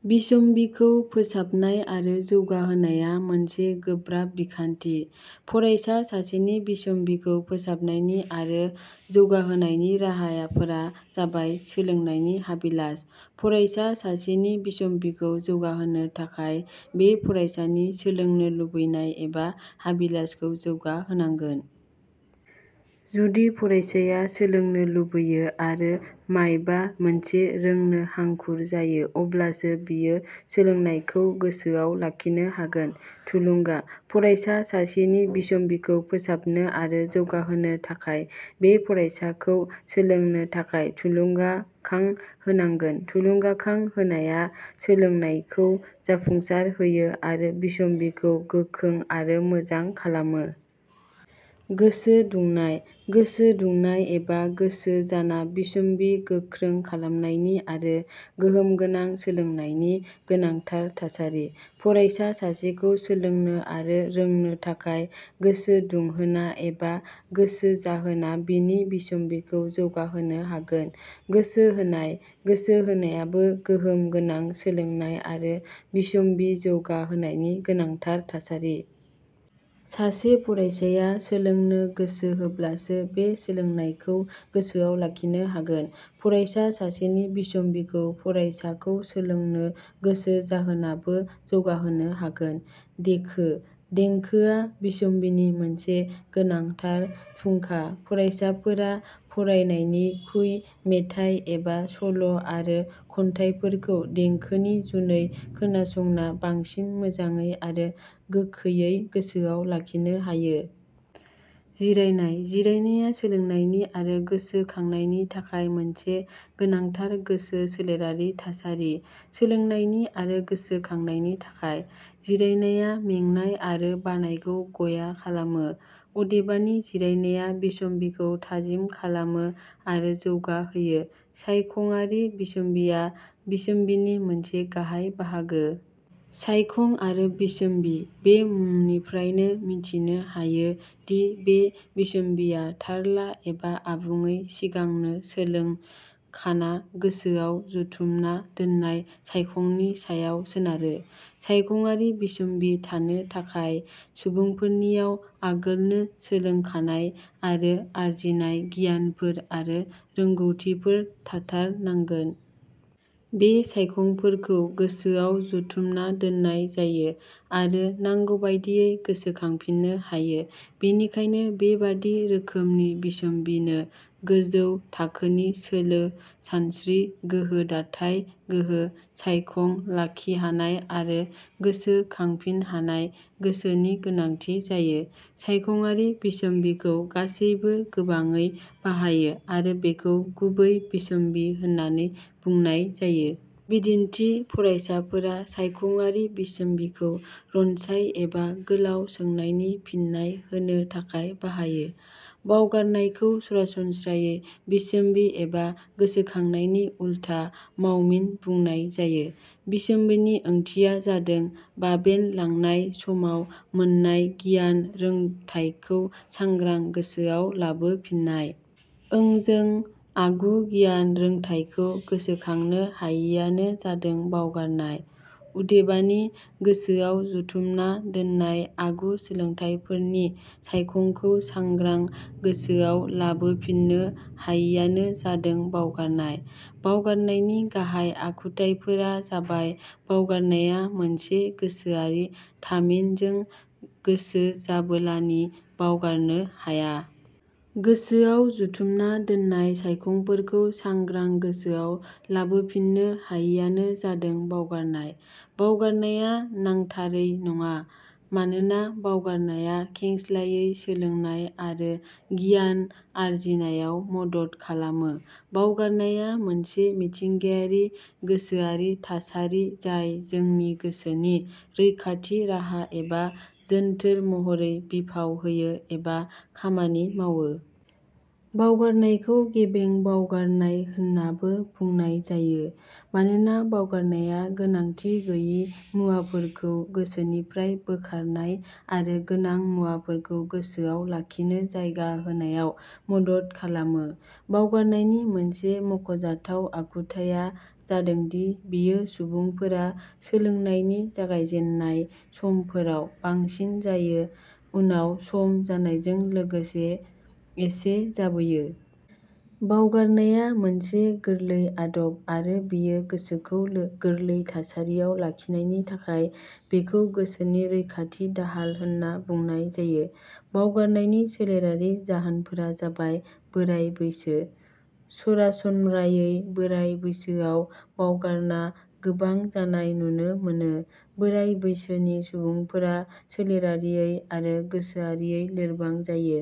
: बिसम्बिखौ फोसाबनाय आरो जौगाहोनाया मोनसे गोब्राब बिखान्थि। फरायसा सासेनि बिसम्बिखौ फोसाबनायनि आरो जौगाहोनायनि राहाफोरा जाबायः. सोलोंनायनि हाबिलास:: फरायसा सासेनि बिसम्बिखौ जौगाहोनो थाखाय बे फरायसानि सोलोंनो लुबैनाय एबा हाबिलासखौ जौगा होनांगोन। जुदि फरायसाया सोलोंनो लुबैयो आरो मायबा मोनसे रोंनो हांखुर जायो अब्लासो बियो सोलोंनायखौ गोसोआव लाखिनो हागोन।. थुलुंगा: फरायसा सासेनि बिसम्बिखौ फोसाबनो आरो जौगाहोनो थाखाय बे फरायसाखौ सोलोंनो थाखाय थुलुंगाखां होनांगोन। थुलुंगाखां होनाया सोलोंनायखौ जाफुंसार होयो आरो बिसम्बिखौ गोखों आरो मोजां खालामो। गोसो दुंनाय: गोसो दुंनाय एबा गोसो जाना बिसम्बि गोख्रों खालामनायनि आरो गोहोम गोनां सोलोंनायनि गोनांथार थासारि। फरायसा सासेखौ सोलोंनो आरो रोंनो थाखाय गोसो दुंहोना एबा गोसो जाहोना बिनि बिसम्बिखौ जौगाहोनो हागोन। गोसो होनाय: गोसो होनायाबो गोहोम गोनां सोलोंनाय आरो बिसम्बि जौगा होनायनि गोनांथार थासारि। सासे फरायसाया सोलोंनो गोसो होब्लासो बे सोलोंनायखौ गोसोआव लाखिनो हागोन। फरायसा सासेनि बिसम्बिखौ फरायसाखौ सोलोंनो गोसो जाहोनाबो जौगाहोनो हागोन। देखो: देंखोआ बिसम्बिनि मोनसे गोनाथार फुंखा। फरायसाफोरा फरायनायनिखुइ, मेथाइ एबा सल' आरो खन्थाइफोरखौ देंखोनि जुनै खोनासंना बांसिन मोजांयै आरो गोखैयै गोसोआव लाखिनो हायो। जिरायनाय: जिरायनाया सोलोंनायनि आरो गोसो खांनायनि थाखाय मोनसे गोनांथार गोसो सोलेरारि थासारि सोलोंनायनि आरो गोसो खांनायनि थाखाय। जिरायनाया मेंनाय आरो बानायखौ गया खालामो। अदेबानि, जिरायनाया बिसम्बिखौ थाजिम खालामो आरो जौगा होयो। सायखंआरि बिसम्बिया बिसम्बिनि मोनसे गाहाइ बाहागो। सायखं आरि बिसम्बि बे मुंनिफ्रायनो मिथिनो हायो दि बे बिसम्बिया थारला एबा आबुंयै सिगांनो सोलों खाना गोसोआव जुथुमना दोननाय सायखंनि सायाव सोनारो। सायखंआरि बिसम्बि थानो थाखाय सुबुंफोरनियाव आगोलनो सोलोंखानाय आरो आरजिनाय गियानफोर आरो रोंगौथिफोर थाथार नांगो। बे सायखंफोरखौ गोसोआव जुथुमना दोननाय जायो आरो नांगौबादियै गोसोखांफिननो हायो। बेनिखायनो बे बादि रोखोमनि बिसम्बिनो गोजौ थाखोनि सोलो, सानस्रि, गोहो दाथाइ गोहो, सायखं लाखिहानाय आरो गोसो खांफिन हानाय गोसोनि गोनांथि जायो। सायखंआरि बिसम्बिखौ गासैबो गोबांयै बाहायो आरो बेखौ "गुबै बिसम्बि" होननानै बुंनाय जायो। बिदिन्थि फरायसाफोरा सायखंआरि बिसम्बिखौ रनसाय एबा गोलाउ सोंनायनि फिननाय होनो थाखाय बाहायो।: बावगारनायखौ सरासनस्रायै बिसम्बि एबा गोसोखांनायनि उल्था मावमिन बुंनाय जायो। बिसम्बिनि ओंथिया जादों बाबेन लांनाय समाव मोननाय गियान रोंथाइखौ सांग्रां गोसोआव लाबो फिननाय। ओंजों, आगु गियान रोंथाइखौ गोसोखांनो हायियानो जादों बावगारनाय। उदेबानि, गोसोआव जुथुमना दोननाय आगु सोलोंथाइफोरनि सायखंखौ सांग्रां गोसोआव लाबोफिननो हायियानो जादों बावगारनाय।: बावगारनायनि गाहाइ आखुथाइफोरा जाबायः. बावगारनाया मोनसे गोसोआरि थामिन जों गोसोजाबोलानि बावगारनो हाया। गोसोआव जुथुमना दोननाय सायखंफोरखौ सांग्रां गोसोआव लाबोफिननो हायियानो जादों बावगारनाय।. बावगारनाया नांथारै नङा। मानोना बावगारनाया खेस्लायै सोलोंनाय आरो गियान आरजिनायाव मदद खालामो।. बावगारनाया मोनसे मिथिंगायारि गोसोआरि थासारि जाय जोंनि गोसोनि रैखाथि राहा एबा जोन्थोर महरै बिफाव होयो एबा खामानि मावो।. बावगारनायखौ गेबें बावगारनाय होननाबो बुंनाय जायो। मानोना बावगारनाया गोनांथि गैयि मुवाफोरखौ गोसोनिफ्राय बोखारनाय आरो गोनां मुवाफोरखौ गोसोआव लाखिनो जायगा होनायाव मदद खालामो।. बावगारनायनि मोनसे मख 'जाथाव आखुथाइया जादोंदि बेयो सुबुंफोरा सोलोंनायनि जागायजेननाय समफोराव बांसिन जायो उनाव सम जानायजों लोगोसे एसे जाबोयो।. बावगारनाया मोनसे गोरलै आदब आरो बेयो गोसोखौ गोरलै थासारियाव लाखिनायनि थाखाय बेखौ गोसोनि रैखाथि दाहाल होनना बुंनाय जायो। बावगारनायनि सोलेरारि जाहोनफोरा जाबाय:. बोराइ बैसो: सरासनम्रायै बोराइ बैसोआव बावगारना गोबां जानाय नुनो मोनो। बोराइ बैसोनि सुबुंफोरा सोलेरारियै आरो गोसोआरियै लोरबां जायो।